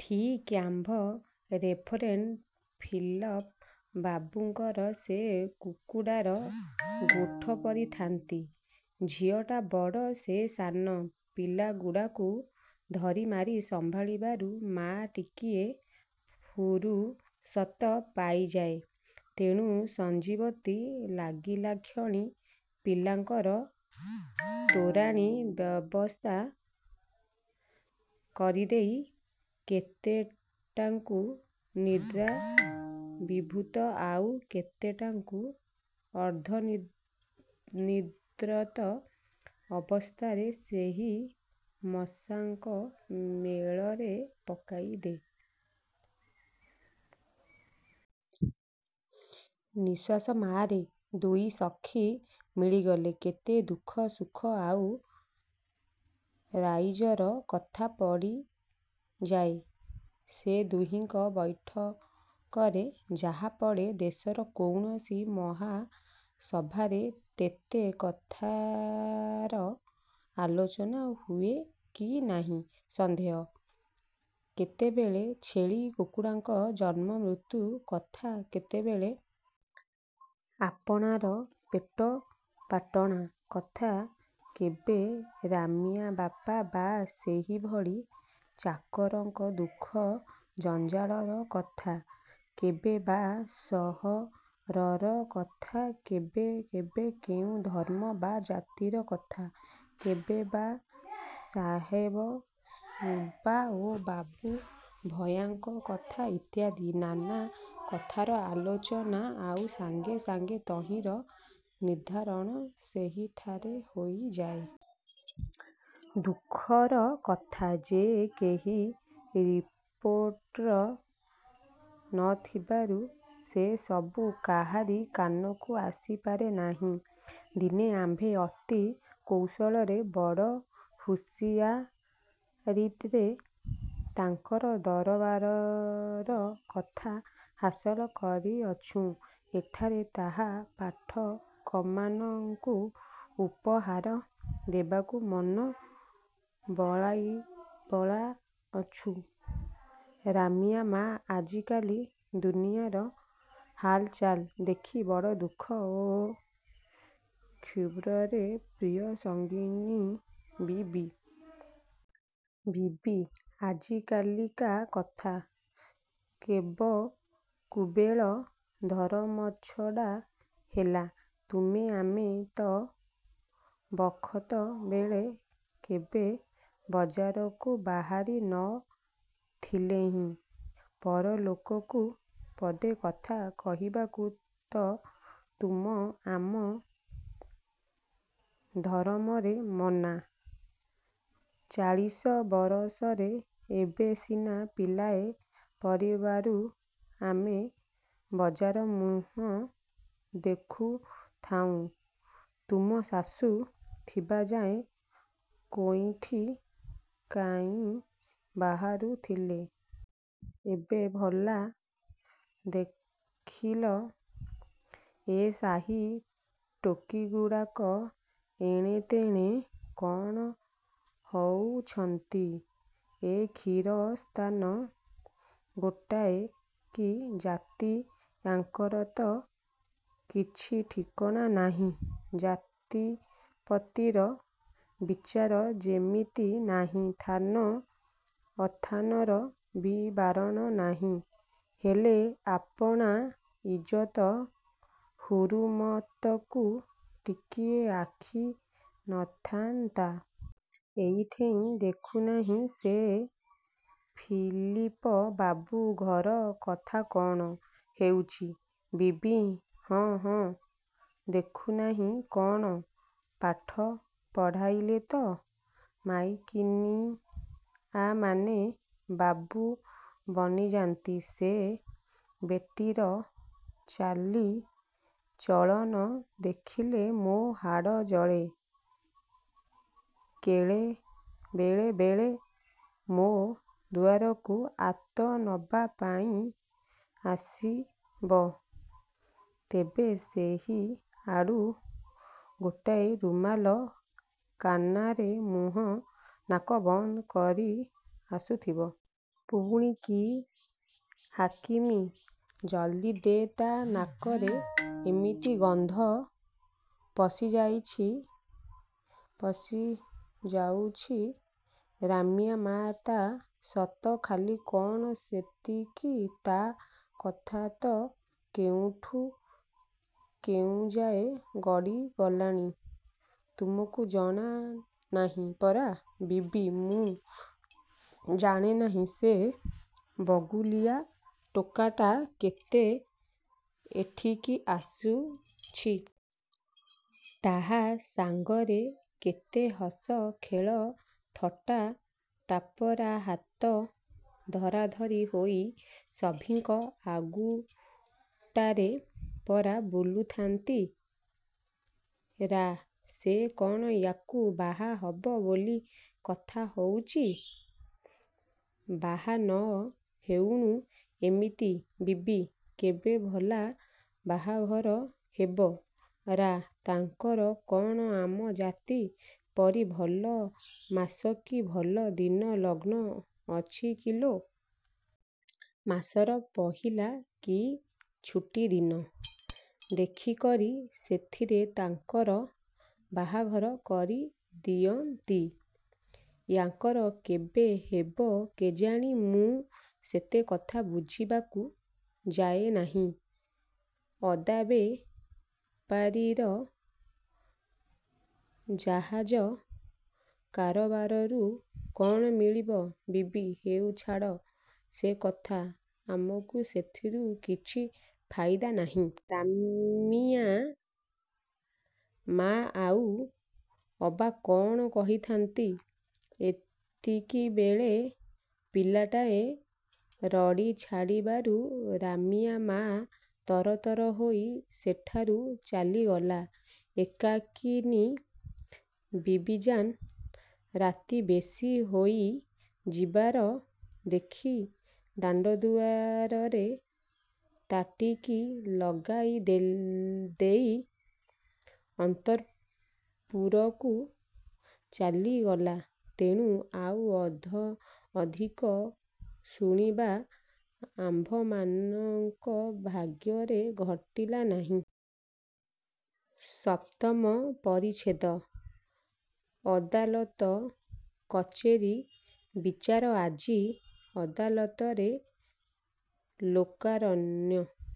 ଠିକ୍ ଆମ୍ଭ reverend Philip ବାବୁଙ୍କର ସେ କୁକୁଡ଼ାର ଗୋଠ ପରି ଥାନ୍ତି। ଝିଅଟା ବଡ଼ ସେ ସାନ ପିଲାଗୁଡ଼ାକୁ ଧରିମାରି ସମ୍ଭାଳିବାରୁ ମା' ଟିକିଏ ଫୁରୁସତ ପାଇଯାଏ। ତେଣୁ ସଞ୍ଜବତି ଲାଗିଲାକ୍ଷଣି ପିଲାଙ୍କର ତୋରାଣୀ ବ୍ୟବସ୍ଥା କରିଦେଇ କେତେଟାଙ୍କୁ ନିଦ୍ରାଭିଭୂତ ଆଉ କେତେଟାଙ୍କୁ ଅର୍ଦ୍ଧନିଦ୍ରିତ ଅବସ୍ଥାରେ ସେହି ମଶାଙ୍କ ମେଳରେ ପକାଇଦେଇ ବିବିଜାନ୍ ପାଖରେ ଆସି। ନିଶ୍ୱାସ ମାରେ। ଦୁଇ ସଖୀ ମିଳିଗଲେ କେତେ ଦୁଃଖ ସୁଖ, ଆଉ ରାଇଜର କଥା ପଡ଼ିଯାଏ-। ସେ ଦୁହିଙ୍କ ବୈଠକରେ ଯାହା ପଡ଼େ, ଦେଶର କୌଣସି ମହାସଭାରେ ତେତେ କଥାର ଆଲୋଚନା ହୁଏ କି ନାହିଁ ସନ୍ଦେହ! କେତେବେଳେ ଛେଳି କୁକୁଡ଼ାଙ୍କ ଜନ୍ମମୃତ୍ୟୁ କଥା କେତେବେଳେ ଆପଣାର ପେଟପାଟଣା କଥା କେବେ ରାମିଆ ବାପା ବା ସେହିଭଳି ଚାକରଙ୍କ ଦୁଃଖ ଜଞ୍ଜାଳର କଥା କେବେ ବା ସହରର କଥା କେବେ କେବେ କେଉଁ ଧର୍ମ ବା ଜାତିର କଥା କେବେ ବା ସାହେବ ସୁବା ଓ ବାବୁ ଭୟାଙ୍କ କଥା ଇତ୍ୟାଦି ନାନା କଥାର ଆଲୋଚନା ଆଉ ସାଙ୍ଗେ ସାଙ୍ଗେ ତହିଁର ନିର୍ଦ୍ଧାରଣ ସେହିଠାରେ ହୋଇଯାଏ। ଦୁଃଖର କଥା ଯେ, କେହି ରିପୋର୍ଟର ନ ଥିବାରୁ ସେ ସବୁ କାହାରି କାନକୁ ଆସିପାରେ ନାହିଁ। ଦିନେ ଆମ୍ଭେ ଅତି କୌଶଳରେ ବଡ଼ ହୁସିଆରୀରେ ତାଙ୍କର ଦରବାରର କଥା ହାସଲ୍ କରିଅଛୁଁ। ଏଠାରେ ତାହା ପାଠକମାନଙ୍କୁ ଉପହାର ଦେବାକୁ ମନ ବଳାଇଅଛୁଁ। ରାମିଆ ମା' ଆଜିକାଲି ଦୁନିଆର ହାଲଚାଲ ଦେଖି ବଡ଼ ଦୁଃଖ ଓ କ୍ଷୋଭର ପ୍ରିୟସଙ୍ଗିନୀ ବିବିଜାନ୍କୁ କହିଲା. ''ବିବି, ଆଜିକାଲିକା କଥା ବେଳକୁବେଳ ଧରମଛଡ଼ା ହେଲା। ତୁମେ ଆମେ ତ ବଖତବେଳେ କେବେ ବଜାରକୁ ବାହାରି ନ ଥିଲେଇଁ। ପର ଲୋକକୁ ପଦେ କଥା କହିବାକୁ ତ ତୁମ ଆମ ଧରମରେ ମନା। ଚାଳିଶ ବରଷରେ ଏବେ ସିନା ପିଲାଏ ପାରିବାରୁ ଆମେ ବଜାରମୁହଁ ଦେଖୁଥାଇଁ ତୁମ ଶାଶୁ ଥିବାଯାଏ କୋଉଁଠି କାହିଁ ବାହାରୁଥିଲ? ଏବେ ଭଲା ଦେଖିଲ, ଏ ସାହି ଟୋକିଗୁଡ଼ାକ ଏଣେତେଣେ କଣ ହଉଛନ୍ତି! ଏ ଖୀରସ୍ତାନ ଗୋଟାଏ କି ଜାତି ୟାଙ୍କର ତ କିଛି ଠିକଣା ନାହିଁ ଜାତିପତିର ବିଚାର ଯେମିତି ନାହିଁ ଥାନ ଅଥାନର ବି ବାରଣ ନାହିଁ। ହେଲେ ଆପଣା ଇଜତ ହୁରୁମତକୁ ଟିକିଏ ଆଖି ନଥାନ୍ତା! ଏଇଠେଇଁ ଦେଖୁନାହଁ, ସେ ଫିଲିପ ବାବୁ ଘର କଥା କଣ ହେଉଛି! ବିବି- ହଁ ହଁ, ଦେଖୁନାହିଁ କଣ? ପାଠ ପଢ଼ାଇଲେ ତ ମାଇକିନିଆମାନେ ବାବୁ ବନିଯାନ୍ତି। ସେ ବେଟୀର ଚାଲି ଚଳଣ ଦେଖିଲେ ମୋ ହାଡ଼ ଜଳେ। ବେଳେବେଳେ ମୋ ଦୁଆରକୁ ଆତ ନବା ପାଇଁ ଆସିବ, ତେବେ ସେହିଆଡୁ ଗୋଟାଏ ରୁମାଲ କନାରେ ମୁହଁ ନାକ ବନ୍ଦ କରି ଆସୁଥିବ। ପୁଣି କି ହାକିମି! ଜଲଦି ଦେ ତା ନାକରେ ଏମିତି ଗନ୍ଧ ପଶିଯାଉଛି! ରାମିଆ ମା' ତା ସତ, ଖାଲି କଣ ସେତିକି ତା କଥା ତ କେଉଁଠୁ କେଉଁଯାଏ ଗଡ଼ି ଗଲାଣି। ତୁମକୁ ଜଣା ନାହିଁ ପରା? ବିବି- ମୁଁ ଜାଣେ ନାହିଁ ସେ ବଗୁଲିଆ ଟୋକାଟା କେତେ ଏଠିକି ଆସୁଛି। ତାହା ସାଙ୍ଗରେ କେତେ ହସ ଖେଳ ଥଟା ଟାପରା। ହାତ ଧରାଧରି ହୋଇ ସଭିଁଙ୍କ ଆଗୁଟାରେ ପରା ବୁଲୁଥାନ୍ତି। ରା- ସେ କଣ ୟାକୁ ବାହା ହବ ବୋଲି କଥା ହଉଛି। ବାହା ନ ହଉଣୁ ଏମିତି! ବିବି- କେବେ ଭଲା ବାହାଘର ହେବ? ରା- ତାଙ୍କର କଣ ଆମ ଜାତି ପରି ଭଲ ମାସ କି ଭଲ ଦିନ ଲଗ୍ନ ଅଛି କି ଲୋ? ମାସର ପହିଲା କି ଛୁଟି ଦିନ ଦେଖିକରି ସେଥିରେ ତାଙ୍କର ବାହାଘର କରିଦିଅନ୍ତି। ୟାଙ୍କର କେବେ ହେବ କେଜାଣି ମୁଁ ସେତେ କଥା ବୁଝିବାକୁ ଯାଏ ନାହିଁ। ଅଦାବେପାରୀର ଜାହାଜ କାରବାରରୁ କଣ ମିଳିବ? ବିବି- ହେଉ, ଛାଡ଼ ସେ କଥା, ଆମକୁ ସେଥିରୁ କିଛି ଫାଇଦା ନାହିଁ। ରାମିଆ ମା' ଆଉ ଅବା କଣ କହିଥାନ୍ତା, ଏତିକିବେଳେ ପିଲାଟାଏ ରଡ଼ି ଛାଡ଼ିବାରୁ ରାମିଆ ମା' ତରତର ହୋଇ ସେଠାରୁ ଚାଲିଗଲା। ଏକାକିନୀ ବିବିଜାନ୍ ରାତି ବେଶି ହୋଇଯିବାର ଦେଖି ଦାଣ୍ଡ ଦୁଆରରେ ତାଟିକି ଲଗାଇଦେଇ ଅନ୍ତଃପୁରକୁ ଚାଲି ଗଲା। ତେଣୁ ଆଉ ଅଧିକ ଶୁଣିବା ଆମ୍ଭମାନଙ୍କ ଭାଗ୍ୟରେ ଘଟିଲା ନାହିଁ। ସପ୍ତମ ପରିଚ୍ଛେଦ ଅଦାଲତ କଚେରି-ବିଚାର ଆଜି ଅଦାଲତରେ ଲୋକାରଣ୍ୟ।